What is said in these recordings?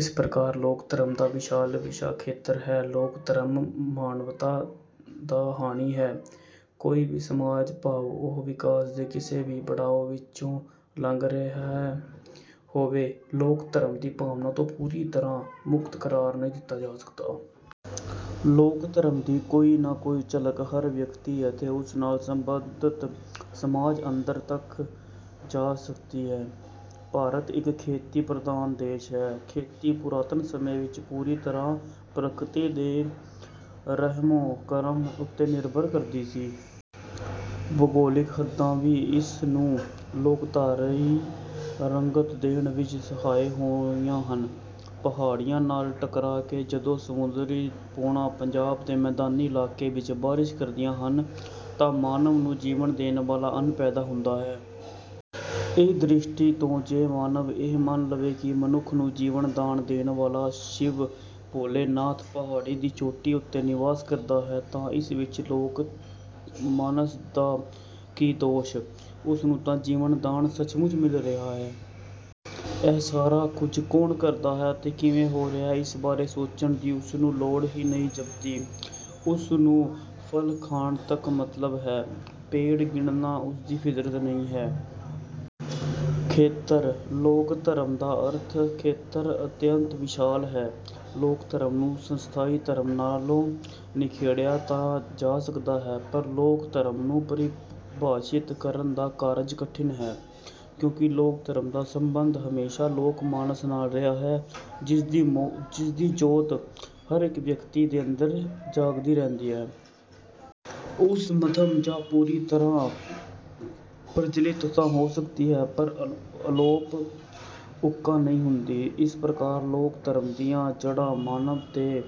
ਇਸ ਪ੍ਰਕਾਰ ਲੋਕ ਧਰਮ ਦਾ ਵਿਸ਼ਾਲ ਵਿਸ਼ਾ ਖੇਤਰ ਹੈ। ਲੋਕ ਧਰਮ ਮਾਨਵਤਾ ਦਾ ਹਾਣੀ ਹੈ। ਕੋਈ ਵੀ ਸਮਾਜ ਭਾਵ ਉਹ ਵਿਕਾਸ ਦੇ ਕਿਸੇ ਵੀ ਪੜਾਅ ਵਿੱਚੋਂ ਲੰਘ ਰਿਹਾ ਹੋਵੇ ਲੋਕ ਧਰਮ ਦੀ ਭਾਵਨਾ ਤੋਂ ਪੂਰੀ ਤਰ੍ਹਾਂ ਮੁਕਤ ਕਰਾਰ ਨਹੀਂ ਦਿੱਤਾ ਜਾ ਸਕਦਾ। ਲੋਕ ਧਰਮ ਦੀ ਕੋਈ ਨਾ ਕੋਈ ਝਲਕ ਹਰ ਵਿਅਕਤੀ ਅਤੇ ਉਸ ਨਾਲ ਸੰਬੰਧਤ ਸਮਾਜ ਅੰਦਰ ਤੱਕੀ ਜਾ ਸਕਦੀ ਹੈ। ਭਾਰਤ ਇੱਕ ਖੇਤੀ ਪ੍ਰਧਾਨ ਦੇਸ਼ ਹੈ। ਖੇਤੀ ਪੁਰਾਤਨ ਸਮੇਂ ਵਿੱਚ ਪੂਰੀ ਤਰ੍ਹਾਂ ਪ੍ਰਕਿਰਤੀ ਦੇ ਰਹਿਮੋ ਕਰਮ ਉੱਤੇ ਨਿਰਭਰ ਕਰਦੀ ਸੀ। ਭੂਗੋਲਿਕ ਹੱਦਾਂ ਵੀ ਇਸ ਨੂੰ ਲੋਕਧਾਰਾਈ ਰੰਗਤ ਦੇਣ ਵਿੱਚ ਸਹਾਈ ਹੋਈਆਂ ਹਨ। ਪਹਾੜੀਆਂ ਨਾਲ ਟਕਰਾ ਕੇ ਜਦੋਂ ਸਮੁੰਦਰੀ ਪੌਣਾਂ ਪੰਜਾਬ ਦੇ ਮੈਦਾਨੀ ਇਲਾਕੇ ਵਿੱਚ ਬਾਰਿਸ਼ ਕਰਦੀਆਂ ਹਨ ਤਾਂ ਮਾਨਵ ਨੂੰ ਜੀਵਨ ਦੇਣ ਵਾਲਾ ਅੰਨ ਪੈਦਾ ਹੁੰਦਾ ਹੈ। ਇਹ ਦ੍ਰਿਸ਼ਟੀ ਤੋਂ ਜੇ ਮਾਨਵ ਇਹ ਮੰਨ ਲਵੇ ਕਿ ਮਨੁੱਖ ਨੂੰ ਜੀਵਨ ਦਾਨ ਦੇਣ ਵਾਲਾ ਸ਼ਿਵ ਭੋਲੇਨਾਥ ਪਹਾੜੀ ਦੀ ਚੋਟੀ ਉਤੇ ਨਿਵਾਸ ਕਰਦਾ ਹੈ ਤਾਂ ਇਸ ਵਿੱਚ ਲੋਕ ਮਾਨਸ ਦਾ ਕੀ ਦੋਸ਼। ਉਸ ਨੂੰ ਤਾਂ ਜੀਵਨ ਦਾਨ ਸਚਮੁੱਚ ਮਿਲ ਰਿਹਾ ਹੈ। ਇਹ ਸਾਰਾ ਕੁੱਝ ਕੌਣ ਕਰਦਾ ਹੈ ਅਤੇ ਕਿਵੇਂ ਹੋ ਰਿਹਾ ਹੈ। ਇਸ ਬਾਰੇ ਸੋਚਣ ਦੀ ਉਸ ਨੂੰ ਲੋੜ ਹੀ ਨਹੀਂ ਜਾਪਦੀ। ਉਸ ਨੂੰ ਫਲ ਖਾਣ ਤੱਕ ਮਤਲਬ ਹੈ ਪੇੜ ਗਿਣਨਾ ਉਸ ਦੀ ਫਿਤਰਤ ਨਹੀਂ ਹੈ। ਖੇਤਰ। ਲੋਕ ਧਰਮ ਦਾ ਅਰਥ ਖੇਤਰ ਅਤਿਅੰਤ ਵਿਸ਼ਾਲ ਹੈ। ਲੋਕ ਧਰਮ ਨੂੰ ਸੰਸਥਾਈ ਧਰਮ ਨਾਲੋਂ ਨਿਖੇੜਿਆ ਤਾਂ ਜਾ ਸਕਦਾ ਹੈ ਪਰ ਲੋਕ ਧਰਮ ਨੂੰ ਪਰਿਭਾਸ਼ਿਤ ਕਰਨ ਦਾ ਕਾਰਜ ਕਠਿਨ ਹੈ। ਕਿਉਂਕਿ ਲੋਕ ਧਰਮ ਦਾ ਸਬੰਧ ਹਮੇਸ਼ਾ ਲੋਕ ਮਾਨਸ ਨਾਲ ਰਿਹਾ ਹੈ ਜਿਸ ਦੀ ਜੋਤ ਹਰ ਇੱਕ ਵਿਅਕਤੀ ਦੇ ਅੰਦਰ ਜਗਦੀ ਰਹਿੰਦੀ ਹੈ। ਉਸ ਮੱਧਮ ਜਾਂ ਪੂਰੀ ਤਰ੍ਹਾਂ ਪ੍ਰਜੁਲਿਤ ਤਾਂ ਹੋ ਸਕਦੀ ਹੈ ਪਰ ਅਲੋਪ ਉੱਕਾ ਨਹੀਂ ਹੁੰਦੀ। ਇਸ ਪ੍ਰਕਾਰ ਲੋਕ ਧਰਮ ਦੀਆਂ ਜੜ੍ਹਾਂ ਮਾਨਵ ਦੇ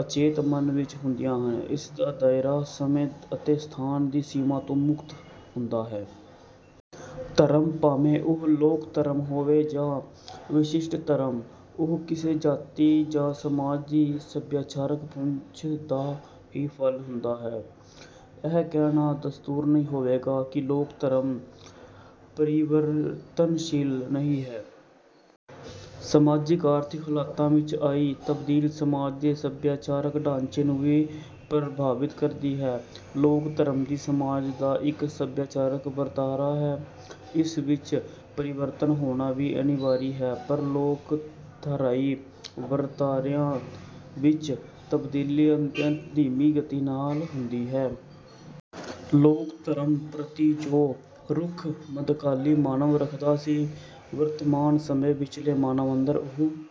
ਅਚੇਤ ਮਨ ਵਿੱਚ ਹੁੰਦੀਆਂ ਹਨ। ਇਸਦਾ ਦਾਇਰਾ ਸਮੇਂ ਅਤੇ ਸਥਾਨ ਦੀ ਸੀਮਾ ਤੋਂ ਮੁਕਤ ਹੁੰਦਾ ਹੈ। ਧਰਮ ਭਾਵੇਂ ਉਹ ਲੋਕ ਧਰਮ ਹੋਵੇ ਜਾਂ ਵਿਸ਼ਿਸ਼ਟ ਧਰਮ ਉਹ ਕਿਸੇ ਜਾਤੀ ਜਾਂ ਸਮਾਜ ਦੀ ਸਭਿਆਚਾਰਕ ਪਹੁੰਚ ਦਾ ਹੀ ਫਲ ਹੁੰਦਾ ਹੈ। ਇਹ ਕਹਿਣਾ ਦਰੁਸਤ ਨਹੀਂ ਹੋਵੇਗਾ ਕਿ ਲੋਕ ਧਰਮ ਪਰਿਵਰਤਨਸ਼ੀਲ ਨਹੀਂ ਹੈ। ਸਮਾਜਿਕ ਆਰਥਿਕ ਹਾਲਾਤਾਂ ਵਿੱਚ ਆਈ ਤਬਦੀਲੀ ਸਮਾਜ ਦੇ ਸਭਿਆਚਾਰਕ ਢਾਂਚੇ ਨੂੰ ਵੀ ਪ੍ਰਭਾਵਿਤ ਕਰਦੀ ਹੈ। ਲੋਕ ਧਰਮ ਵੀ ਸਮਾਜ ਦਾ ਇੱਕ ਸਭਿਆਚਾਰਕ ਵਰਤਾਰਾ ਹੈ। ਇਸ ਵਿੱਚ ਪਰਿਵਰਤਨ ਹੋਣਾ ਵੀ ਅਨਿਵਾਰੀ ਹੈ ਪਰ ਲੋਕਧਾਰਾਈ ਵਰਤਾਰਿਆਂ ਵਿੱਚ ਤਬਦੀਲੀ ਅਤਿਅੰਤ ਧੀਮੀ ਗਤੀ ਨਾਲ ਹੁੰਦੀ ਹੈ। ਲੋਕ ਧਰਮ ਪ੍ਰਤੀ ਜੋ ਰੁਖ ਮੱਧਕਾਲੀ ਮਾਨਵ ਰੱਖਦਾ ਸੀ ਵਰਤਮਾਨ ਸਮੇਂ ਵਿੱਚਲੇ ਮਾਨਵ ਅੰਦਰ ਉਸ